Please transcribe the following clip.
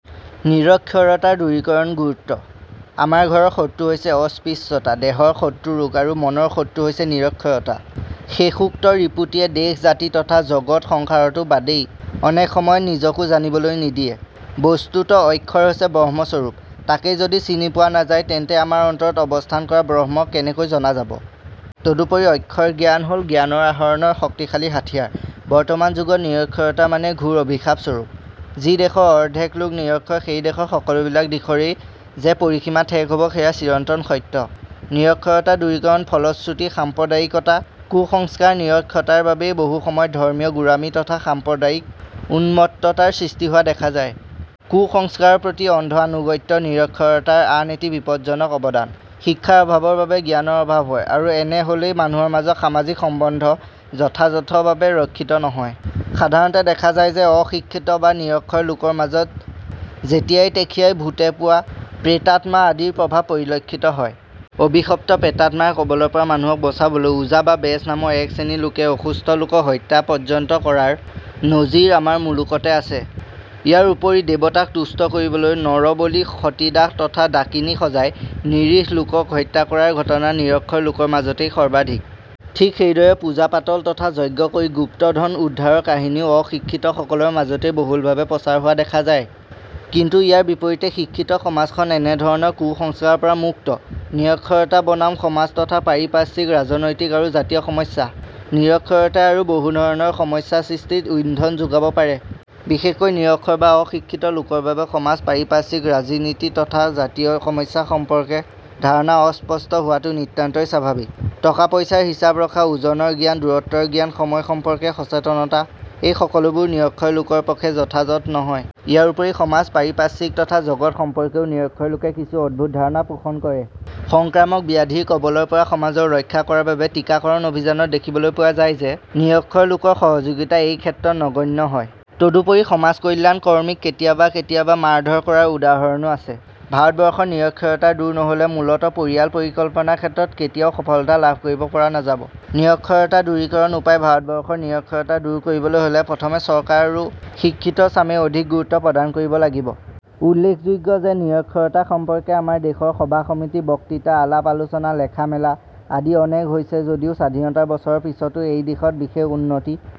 নিৰক্ষৰতা দূৰীকৰণ গুৰুত্ব – আমাৰ ঘৰৰ শত্ৰু হৈছে অস্পৃশ্যতা, দেহৰ শত্ৰুৰোগ আৰু মনৰ শত্ৰু হৈছে নিৰক্ষৰতা। শেষোক্ত ৰিপুটিয়ে দেশ, জাতি তথা জগৎ সংসাৰতো বাদেই, অনেক সময়ত নিজকো জানিবলৈ নিদিয়ে। বস্তুতঃ অক্ষৰ হৈছে ব্ৰহ্মস্বৰূপ, তাকেই যদি চিনি পোৱা নাযায় তেন্তে আমাৰ অন্তৰত অৱস্থান কৰা ব্ৰহ্মক কেনেকৈ জনা যাব? তদুপৰি অক্ষৰ জ্ঞান হ'ল জ্ঞানৰ আহৰণৰ শক্তিশালী হাথিয়াৰ। বৰ্তমান যুগত নিৰক্ষৰতা মানেই ঘোৰ অভিশাপস্বৰূপ। যি দেশৰ অৰ্ধেক লোক নিৰক্ষৰ সেই দেশৰ সকলোবিলাক দিশৰেই যে পৰিসীমা ঠেক হ'ব সেয়া চিৰন্তন সত্য। নিৰক্ষৰতা দূৰীকৰণৰ ফলশ্ৰুতি সাম্প্ৰদায়িকতা, কুসংস্কাৰ নিৰক্ষৰতাৰ বাবেই বহুসময়ত ধৰ্মীয় গোড়ামি তথা সাম্প্ৰদায়িক উন্মত্ততাৰ সৃষ্টি হোৱা দেখা যায়। কুসংস্কাৰৰ প্ৰতি অন্ধ আনুগত্য নিৰক্ষৰতাৰ আন এটি বিপজ্জনক অবদান। শিক্ষাৰ অভাৱৰ বাবে জ্ঞানৰ অভাৱ হয় আৰু এনে হ'লেই মানুহৰ মাজত সামাজিক সম্বন্ধ যথাযথভাৱে ৰক্ষিত নহয়। সাধাৰণতে দেখা যায় যে অশিক্ষিত বা নিৰক্ষৰ লোকৰ মাজত যেতিয়াই তেখিয়াই ভূতে পোৱা, প্ৰেতাত্মা আদিৰ প্ৰভাৱ পৰিলক্ষিত হয়। অভিশপ্ত প্ৰেতাত্মাৰ কবলৰ পৰা মানুহক বচাবলৈ 'ওজা বা বেজ' নামৰ একশ্ৰেণী লোকে অসুস্থ লোকক হত্যা পৰ্যন্ত কৰাৰ নজিৰ আমাৰ মুলুকতে আছে। ইয়াৰ উপৰি দেবতাক তুষ্ট কৰিবলৈ নৰবলি, সতীদাহ তথা ডাকিনী সজাই নিৰীহ লোকক হত্যা কৰাৰ ঘটনা নিৰক্ষৰ লোকৰ মাজতেই সৰ্বাধিক। ঠিক সেইদৰে পূজা-পাটল তথা যজ্ঞ কৰি গুপ্ত ধন উদ্ধাৰৰ কাহিনীও অশিক্ষিতসকলৰ মাজতেই বহুলভাৱে প্ৰচাৰ হোৱা দেখা যায়। কিন্তু ইয়াৰ বিপৰীতে শিক্ষিত সমাজখন এনেধৰণৰ কুসংস্কাৰৰ পৰা মুক্ত। নিৰক্ষৰতা বনাম সমাজ তথা পাৰিপাৰ্শ্বিক, ৰাজনৈতিক আৰু জাতীয় সমস্যা – নিৰক্ষৰতাই আৰু বহুধৰণৰ সমস্যা সৃষ্টিত ইন্ধন যোগাব পাৰে। বিশেষকৈ নিৰক্ষৰ বা অশিক্ষিত লোকৰ বাবে সমাজ পাৰিপাৰ্শ্বিক, ৰাজিনীতি তথা জাতীয় সমস্যা সম্পৰ্কে ধাৰণা অস্পষ্ট হোৱাটো নিতান্তই স্বাভাৱিক। টকা-পইচাৰ হিচাপ ৰখা, ওজনৰ জ্ঞান, দূৰত্বৰ জ্ঞান, সময় সম্পৰ্কে সচেতনতা- এই সকলোবোৰ নিৰক্ষৰ লোকৰ পক্ষে যথাযথ নহয়। ইয়াৰ উপৰি সমাজ পাৰিপাৰ্শ্বিক তথা জগত সম্পৰ্কেও নিৰক্ষৰ লোকে কিছু অদ্ভুত ধাৰণা পোষণ কৰে। সংক্ৰামক ব্যাধিৰ কবলৰ পৰা সমাজক ৰক্ষা কৰাৰ বাবে টীকাকৰণ অভিযানত দেখিবলৈ পোৱা যায় যে নিৰক্ষৰ লোকৰ সহযোগিতা এইক্ষেত্ৰত নগণ্য হয়। তদুপৰি সমাজকল্যাণ কৰ্মীক কেতিয়াবা কেতিয়াবা মাৰধৰ কৰাৰ উদাহৰণো আছে। ভাৰতবৰ্ষত নিৰক্ষৰতা দূৰ নহ'লে মূলতঃ পৰিয়াল পৰিকল্পনাৰ ক্ষেত্ৰত কেতিয়াও সফলতা লাভ কৰিব পৰা নাযাব। নিৰক্ষৰতা দূৰীকৰণৰ উপায় ভাৰতবৰ্ষত নিৰক্ষৰতা দূৰ কৰিবলৈ হ'লে প্ৰথমে চৰকাৰ আৰু শিক্ষিতচামে অধিক গুৰুত্ব প্ৰদান কৰিব লাগিব। উল্লেখযোগ্য যে নিৰক্ষৰতা সম্পৰ্কে আমাৰ দেশত সভা-সমিতি, বক্তৃতা, আলাপ-আলোচনা, লেখা-মেলা আদি অনেক হৈছে যদিও স্বাধীনতাৰ বছৰৰ পিছতো এইদিশত বিশেষ উন্নতি